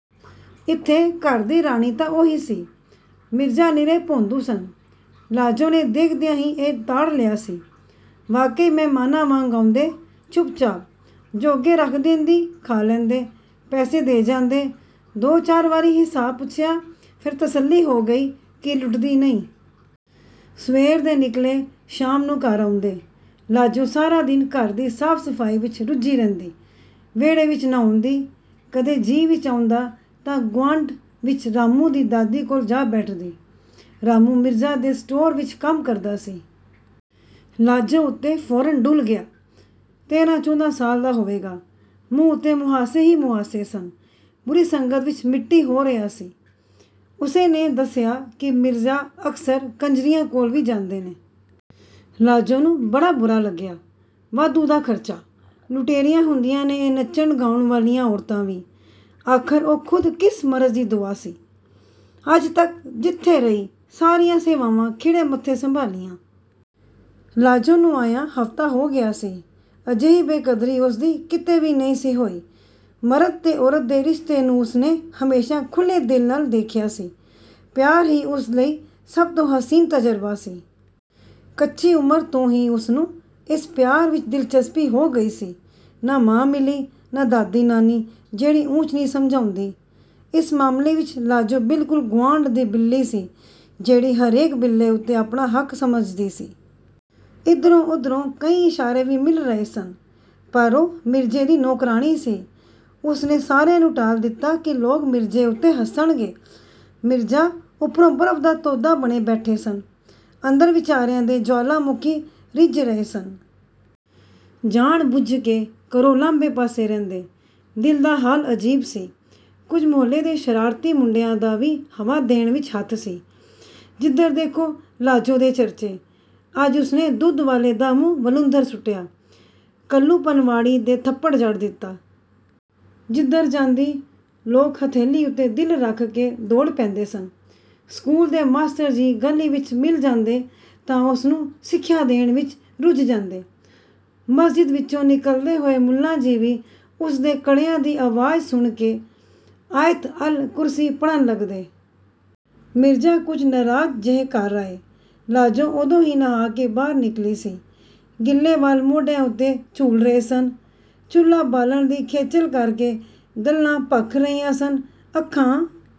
ਇੱਥੇ ਘਰ ਦੀ ਰਾਣੀ ਤਾਂ ਉਹੀ ਸੀ। ਮਿਰਜਾ ਨਿਰੇ ਭੌਂਦੂ ਸਨ—ਲਾਜੋ ਨੇ ਦੇਖਦਿਆਂ ਹੀ ਇਹ ਤਾੜ ਲਿਆ ਸੀ। ਵਾਕਈ ਮਹਿਮਾਨਾਂ ਵਾਂਗ ਆਉਂਦੇ—ਚੁੱਪਚਾਪ। ਜੋ ਅੱਗੇ ਰੱਖ ਦੇਂਦੀ, ਖਾ ਲੈਂਦੇ। ਪੈਸੇ ਦੇ ਜਾਂਦੇ। ਦੋ-ਚਾਰ ਵਾਰੀ ਹਿਸਾਬ ਪੁੱਛਿਆ, ਫਿਰ ਤਸੱਲੀ ਹੋ ਗਈ ਕਿ ਲੁੱਟਦੀ ਨਹੀਂ। ਸਵੇਰ ਦੇ ਨਿਕਲੇ, ਸ਼ਾਮ ਨੂੰ ਘਰ ਆਉਂਦੇ। ਲਾਜੋ ਸਾਰਾ ਦਿਨ ਘਰ ਦੀ ਸਾਫ਼-ਸਫ਼ਾਈ ਵਿੱਚ ਰੁੱਝੀ ਰਹਿੰਦੀ। ਵਿਹੜੇ ਵਿੱਚ ਨਹਾਉਂਦੀ। ਕਦੇ ਜੀਅ ਵਿੱਚ ਆਉਂਦਾ ਤਾਂ ਗੁਆਂਢ ਵਿੱਚ ਰਾਮੂ ਦੀ ਦਾਦੀ ਕੋਲ ਜਾ ਬੈਠਦੀ। ਰਾਮੂ ਮਿਰਜਾ ਦੇ ਸਟੋਰ ਵਿੱਚ ਕੰਮ ਕਰਦਾ ਸੀ। ਲਾਜੋ ਉੱਤੇ ਫੌਰਨ ਡੁੱਲ੍ਹ ਗਿਆ। ਤੇਰਾਂ-ਚੌਦਾਂ ਸਾਲ ਦਾ ਹੋਵੇਗਾ। ਮੂੰਹ ਉੱਤੇ ਮੁਹਾਸੇ ਹੀ ਮੁਹਾਸੇ ਸਨ। ਬੁਰੀ ਸੰਗਤ ਵਿੱਚ ਮਿੱਟੀ ਹੋ ਰਿਹਾ ਸੀ। ਉਸੇ ਨੇ ਦੱਸਿਆ ਕਿ ਮਿਰਜਾ ਅਕਸਰ ਕੰਜਰੀਆਂ ਕੋਲ ਵੀ ਜਾਂਦੇ ਨੇ। ਲਾਜੋ ਨੂੰ ਬੜਾ ਬੁਰਾ ਲੱਗਿਆ। ਵਾਧੂ ਦਾ ਖਰਚਾ। ਲੁਟੇਰੀਆਂ ਹੁੰਦੀਆਂ ਨੇ ਇਹ ਨਾਚਣ-ਗਾਉਣ ਵਾਲੀਆਂ ਔਰਤਾਂ ਵੀ। ਆਖ਼ਰ ਉਹ ਖੁਦ ਕਿਸ ਮਰਜ਼ ਦੀ ਦੁਆ ਸੀ? ਅੱਜ ਤੱਕ ਜਿੱਥੇ ਰਹੀ, ਸਾਰੀਆਂ ਸੇਵਾਵਾਂ ਖਿੜੇ ਮੱਥੇ ਸੰਭਾਲੀਆਂ। ਲਾਜੋ ਨੂੰ ਆਇਆਂ ਹਫ਼ਤਾ ਹੋ ਗਿਆ ਸੀ। ਅਜਿਹੀ ਬੇਕਦਰੀ ਉਸਦੀ ਕਿਤੇ ਵੀ ਨਹੀਂ ਸੀ ਹੋਈ। ਮਰਦ ਤੇ ਔਰਤ ਦੇ ਰਿਸ਼ਤੇ ਨੂੰ ਉਸਨੇ ਹਮੇਸ਼ਾ ਖੁੱਲ੍ਹੇ ਦਿਲ ਨਾਲ ਦੇਖਿਆ ਸੀ। ਪਿਆਰ ਹੀ ਉਸ ਲਈ ਸਭ ਤੋਂ ਹੁਸੀਨ ਤਜ਼ਰਬਾ ਸੀ। ਕੱਚੀ ਉਮਰ ਤੋਂ ਹੀ ਉਸਨੂੰ ਇਸ ਪਿਆਰ ਵਿੱਚ ਦਿਲਚਸਪੀ ਹੋ ਗਈ ਸੀ। ਨਾ ਮਾਂ ਮਿਲੀ, ਨਾ ਦਾਦੀ-ਨਾਨੀ, ਜਿਹੜੀ ਊਚ-ਨੀਚ ਸਮਝਾਉਂਦੀ। ਇਸ ਮਾਮਲੇ ਵਿੱਚ ਲਾਜੋ ਬਿਲਕੁਲ ਗੁਆਂਢ ਦੀ ਬਿੱਲੀ ਸੀ, ਜਿਹੜੀ ਹਰੇਕ ਬਿੱਲੇ ਉੱਤੇ ਆਪਣਾ ਹੱਕ ਸਮਝਦੀ ਸੀ। ਇੱਧਰੋਂ-ਉੱਧਰੋਂ ਕਈ ਇਸ਼ਾਰੇ ਵੀ ਮਿਲ ਰਹੇ ਸਨ, ਪਰ ਉਹ ਮਿਰਜੇ ਦੀ ਨੌਕਰਾਣੀ ਸੀ। ਉਸਨੇ ਸਾਰਿਆਂ ਨੂੰ ਟਾਲ ਦਿੱਤਾ ਕਿ ਲੋਕ ਮਿਰਜੇ ਉੱਤੇ ਹੱਸਣਗੇ। ਮਿਰਜਾ ਉੱਪਰੋਂ ਬਰਫ਼ ਦਾ ਤੋਦਾ ਬਣੇ ਬੈਠੇ ਸਨ, ਅੰਦਰ ਵਿਚਾਰਿਆਂ ਦੇ ਜਵਾਲਾਮੁਖੀ ਰਿੱਝ ਰਹੇ ਸਨ। ਜਾਣ-ਬੁੱਝ ਕੇ ਘਰੋਂ ਲਾਂਭੇ-ਪਾਸੇ ਰਹਿੰਦੇ। ਦਿਲ ਦਾ ਹਾਲ ਅਜੀਬ ਸੀ। ਕੁਝ ਮੁਹੱਲੇ ਦੇ ਸ਼ਰਾਰਤੀ ਮੁੰਡਿਆਂ ਦਾ ਵੀ ਹਵਾ ਦੇਣ ਵਿੱਚ ਹੱਥ ਸੀ। ਜਿੱਧਰ ਦੇਖੋ, ਲਾਜੋ ਦੇ ਚਰਚੇ। ਅੱਜ ਉਸਨੇ ਦੁੱਧ ਵਾਲੇ ਦਾ ਮੂੰਹ ਵਲੂੰਧਰ ਸੁੱਟਿਆ, ਕੱਲ੍ਹ ਪਨਵਾੜੀ ਦੇ ਥੱਪੜ ਜੜ ਦਿੱਤਾ। ਜਿੱਧਰ ਜਾਂਦੀ, ਲੋਕ ਹਥੇਲੀ ਉੱਤੇ ਦਿਲ ਰੱਖ ਕੇ ਦੌੜ ਪੈਂਦੇ ਸਨ। ਸਕੂਲ ਦੇ ਮਾਸਟਰ ਜੀ ਗਲੀ ਵਿੱਚ ਮਿਲ ਜਾਂਦੇ ਤਾਂ ਉਸਨੂੰ ਸਿੱਖਿਆ ਦੇਣ ਵਿੱਚ ਰੁੱਝ ਜਾਂਦੇ। ਮਸਜਿਦ ਵਿੱਚੋਂ ਨਿਕਲਦੇ ਹੋਏ ਮੁੱਲਾ ਜੀ ਵੀ ਉਸਦੇ ਕੜਿਆਂ ਦੀ ਆਵਾਜ਼ ਸੁਣ ਕੇ ਆਇਤ-ਅਲ-ਕੁਰਸੀ ਪੜ੍ਹਨ ਲੱਗਦੇ। ਮਿਰਜਾ ਕੁਝ ਨਾਰਾਜ਼, ਜਿਹੇ ਘਰ ਆਏ। ਲਾਜੋ ਉਦੋਂ ਹੀ ਨਹਾ ਕੇ ਬਾਹਰ ਨਿਕਲੀ ਸੀ। ਗਿੱਲੇ ਵਾਲ ਮੋਢਿਆਂ ਉੱਤੇ ਝੂਲ ਰਹੇ ਸਨ। ਚੁੱਲ੍ਹਾ ਬਾਲਣ ਦੀ ਖੇਚਲ ਕਰਕੇ ਗੱਲ੍ਹਾਂ ਭਖ ਰਹੀਆਂ ਸਨ, ਅੱਖਾਂ...